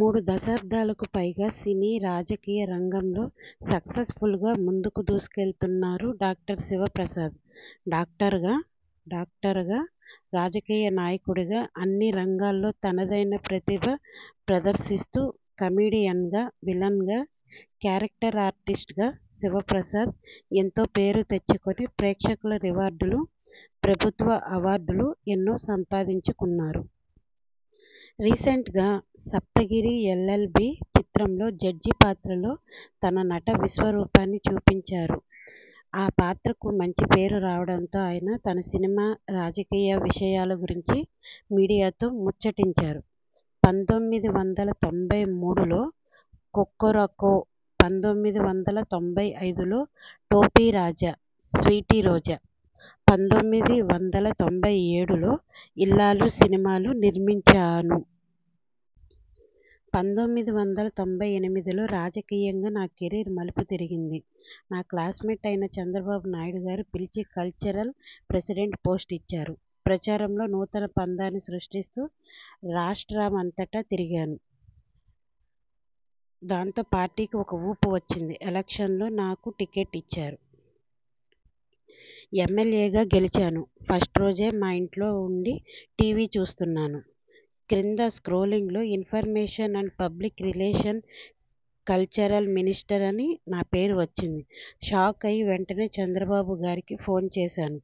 మూడు దశాబ్దాలుకు పైగా సినీ, రాజకీయ రంగంలో సక్సెస్ఫుల్గా ముందుకు దూసుకెళ్తున్నారు డా. శివప్రసాద్. డాక్టర్గా, డాక్టర్గా, రాజకీయ నాయకుడిగా అన్నీ రంగాల్లో తనదైన ప్రతిభ ప్రదర్శిస్తూ, కమెడియన్గా, విలన్గా, క్యారెక్టర్ ఆర్టిస్ట్గా శివ ప్రసాద్ ఎంతో పేరు తెచ్చుకుని ప్రేక్షకుల రివార్డులు, ప్రభుత్వ అవార్డులు ఎన్నో సంపాదించుకున్నారు. రీసెంట్గా 'సప్తగిరి ఎల్. ఎల్. బి' చిత్రంలో జడ్జి పాత్రలో తన నట విశ్వరూపాన్ని చూపించారు. ఆ పాత్రకు మంచి పేరు రావడంతో ఆయన తన సినిమా, రాజకీయ విషయాల గురించి మీడియాతో ముచ్చటించారు. పంతొమ్మిది వందల తొంభై మూడులో 'కొక్కొరకో', పంతొమ్మిది వందల తొంభై ఐదులో 'టోపీ రాజా స్వీటీ రోజా', పంతొమ్మిది వందల తొంభై ఏడులో 'ఇల్లాలు' సినిమాలు నిర్మించాను. పంతొమ్మిది వందల తొంభై ఎనిమిదిలో రాజకీయంగా నా కెరీర్ మలుపు తిరిగింది. నా క్లాస్మేట్ అయిన చంద్రబాబు నాయుడు గారు పిలిచి కల్చరల్ ప్రెసిడెంట్ పోస్ట్ ఇచ్చారు. ప్రచారంలో నూతన పంధాని సృష్టిస్తూ రాష్ట్ర మంతటా తిరిగాను. దాంతో పార్టీకి ఒక ఊపు వచ్చింది. ఎలక్షన్స్లో నాకు టిక్కెట్ ఇచ్చారు. ఎమ్మెల్యేగా గెలిచాను. ఫస్ట్ రోజే మా ఇంట్లో వుండి టీ. వి చూస్తున్నాను. క్రింద స్క్రోలింగ్లో information and public relation cultural minister అని పేరు వచ్చింది. షాక్ అయి వెంటనే చంద్రబాబు గారికి ఫోన్ చేశాను.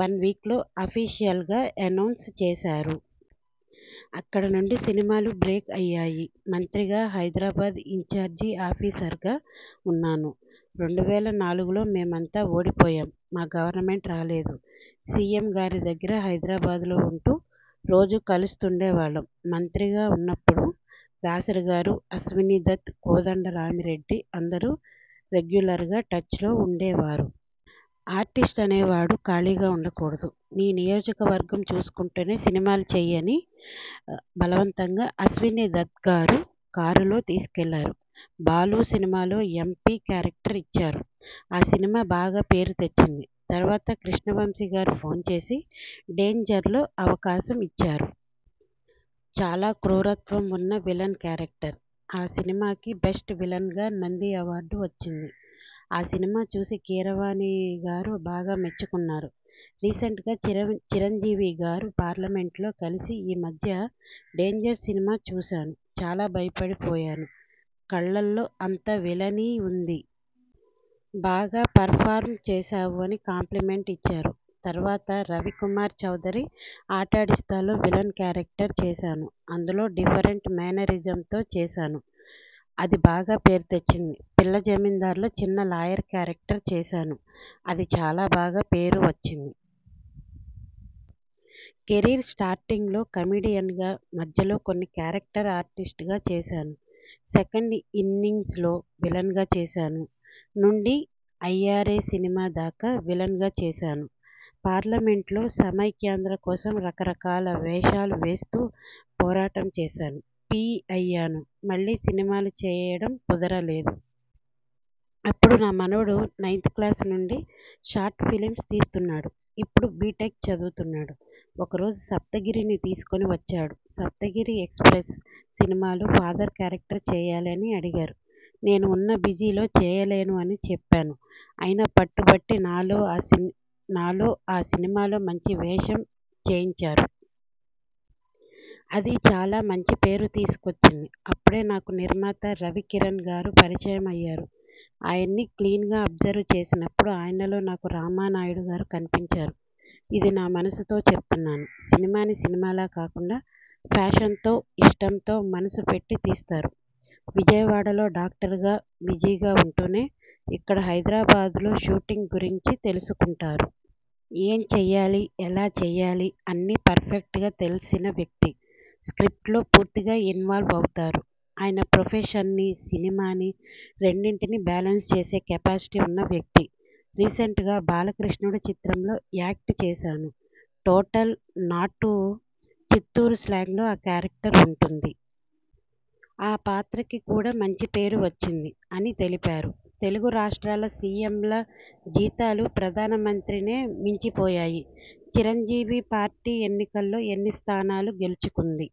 వన్ వీక్లో అఫీషియల్గా ఎనౌన్స్ చేశారు. అక్కడ నుండి సినిమాలు బ్రేక్ అయ్యాయి. మంత్రిగా, హైదరాబాద్ ఇంఛార్జి ఆఫీసర్గా వున్నాను. రెండు వేల నాలుగులో మేమంతా ఓడిపోయాం. మా గవర్నమెంట్ రాలేదు. సి. ఎం. గారి దగ్గరే హైదరాబాద్లో ఉంటూ రోజూ కలుస్తుండే వాళ్ళం. మంత్రిగా ఉన్నప్పుడు దాసరి గారు, అశ్వనీదత్, కోదండ రామిరెడ్డి అందరూ రెగ్యులర్గా టచ్లో వుండే వారు. ఆర్టిస్ట్ అనేవాడు ఖాళీగా వుండ కూడదు. నీ నియోజకవర్గం చూసుకుంటూనే సినిమాలు చెయ్ అని బలవంతంగా అశ్వనీదత్గారు కారులో తీసుకెళ్ళారు. 'బాలు' సినిమా లో ఎం. పి. క్యారెక్టర్ ఇచ్చారు. ఆ సినిమా బాగా పేరు తెచ్చింది. తర్వాత కృష్ణవంశీ గారు ఫోన్ చేసి 'డేంజర్'లో అవకాశం ఇచ్చారు. చాలా క్రూరత్వం వున్న విలన్ క్యారెక్టర్. ఆ సినిమాకి బెస్ట్ విలన్గా నంది అవార్డు వచ్చింది. ఆ సినిమా చూసి కీరవాణి గారు బాగా మెచ్చుకున్నారు. రీసెంట్గా చిరంజీవి గారు పార్లమెంట్లో కలిసి ఈ మధ్య 'డేంజర్' సినిమా చూశాను. చాలా భయపడి పోయాను. కళ్ళలో అంత విలనీ వుంది. బాగా పెర్ఫార్మ్ చేశావు అని కాంప్లిమెంట్ ఇచ్చారు. తర్వాత రవికుమార్ చౌదరి 'ఆటాడిస్తా'లో విలన్ క్యారెక్టర్ చేశాను. అందులో డిఫరెంట్ మేనరిజం తో చేశాను. అది బాగా పేరు తెచ్చింది. 'పిల్ల జమీందార్'లో చిన్న లాయర్ క్యారెక్టర్ చేశాను. అది చాలా బాగా పేరు వచ్చింది. కెరీర్ స్టార్టింగ్లో కమెడియన్గా, మధ్యలో కొన్ని క్యారెక్టర్ ఆర్టిస్ట్గా చేశాను. సెకండ్ ఇన్నింగ్స్లో విలన్గా చేశాను. నుండి 'అయ్యారే' సినిమా దాకా విలన్గా చేశాను. పార్లమెంట్లో సమైఖ్యాంధ్ర కోసం రకరకాల వేషాలు వేస్తూ పోరాటం చేశాను. పీ అయ్యాను. మళ్ళీ సినిమాలు చేయడం కుదర లేదు. అప్పుడు నా మనవడు నైన్త్ క్లాస్ నుండి షార్ట్ ఫిలింస్ తీస్తున్నాడు. ఇప్పుడు బిటెక్ చదువుతున్నాడు. ఒకరోజు సప్తగిరిని తీసుకొని వచ్చాడు. 'సప్తగిరి ఎక్స్ప్రెస్' సినిమాలో ఫాదర్ క్యారెక్టర్ చేయాలి అని అడిగారు. నేను వున్న బిజీలో చేయలేను అని చెప్పాను. అయినా పట్టు బట్టి నాలో ఆ నాలో ఆ సినిమాలో మంచి వేషం చేయించారు. అది చాలా మంచి పేరు తీసుకొచ్చింది. అప్పుడే నాకు నిర్మాత రవికిరణ్గారు పరిచయం అయ్యారు. ఆయన్ని క్లీన్గా అబ్జర్వ్ చేసినప్పుడు ఆయనలో నాకు రామానాయుడు గారు కన్పించారు. ఇది నా మనసుతో చెప్తున్నాను. సినిమాని సినిమాలా కాకుండా ప్యాషన్తో ఇష్టంతో మనసు పెట్టి తీస్తారు. విజయవాడ లో డాక్టర్గా బిజీగా వుంటూనే ఇక్కడ హైదరాబాద్లో షూటింగ్ గురించి తెలుసుకుంటారు. ఏం చెయ్యాలి? ఎలా చెయ్యాలి అన్నీ పర్ఫెక్ట్గా తెల్సిన వ్యక్తి. స్క్రిప్ట్లో పూర్తిగా ఇన్వాల్వ్ అవుతారు. ఆయన ప్రొఫెషన్ని, సినిమాని రెండింటినీ బేలెన్స్ చేసే కెపాసిటీ వున్న వ్యక్తి. రీసెంట్గా 'బాలకృష్ణుడు' చిత్రంలో యాక్ట్ చేశాను. టోటల్ నాటు చిత్తూరు స్లాంగ్లో ఆ క్యారెక్టర్ వుంటుంది. ఆ పాత్రకి కూడా మంచి పేరు వచ్చింది, అని తెలిపారు. తెలుగు రాష్ట్రాల సీఎంల జీతాలు ప్రధాన మంత్రినే మించి పోయాయి! చిరంజీవి పార్టీ ఎన్నికల్లో ఎన్ని స్థానాలు గెలుచుకుంది?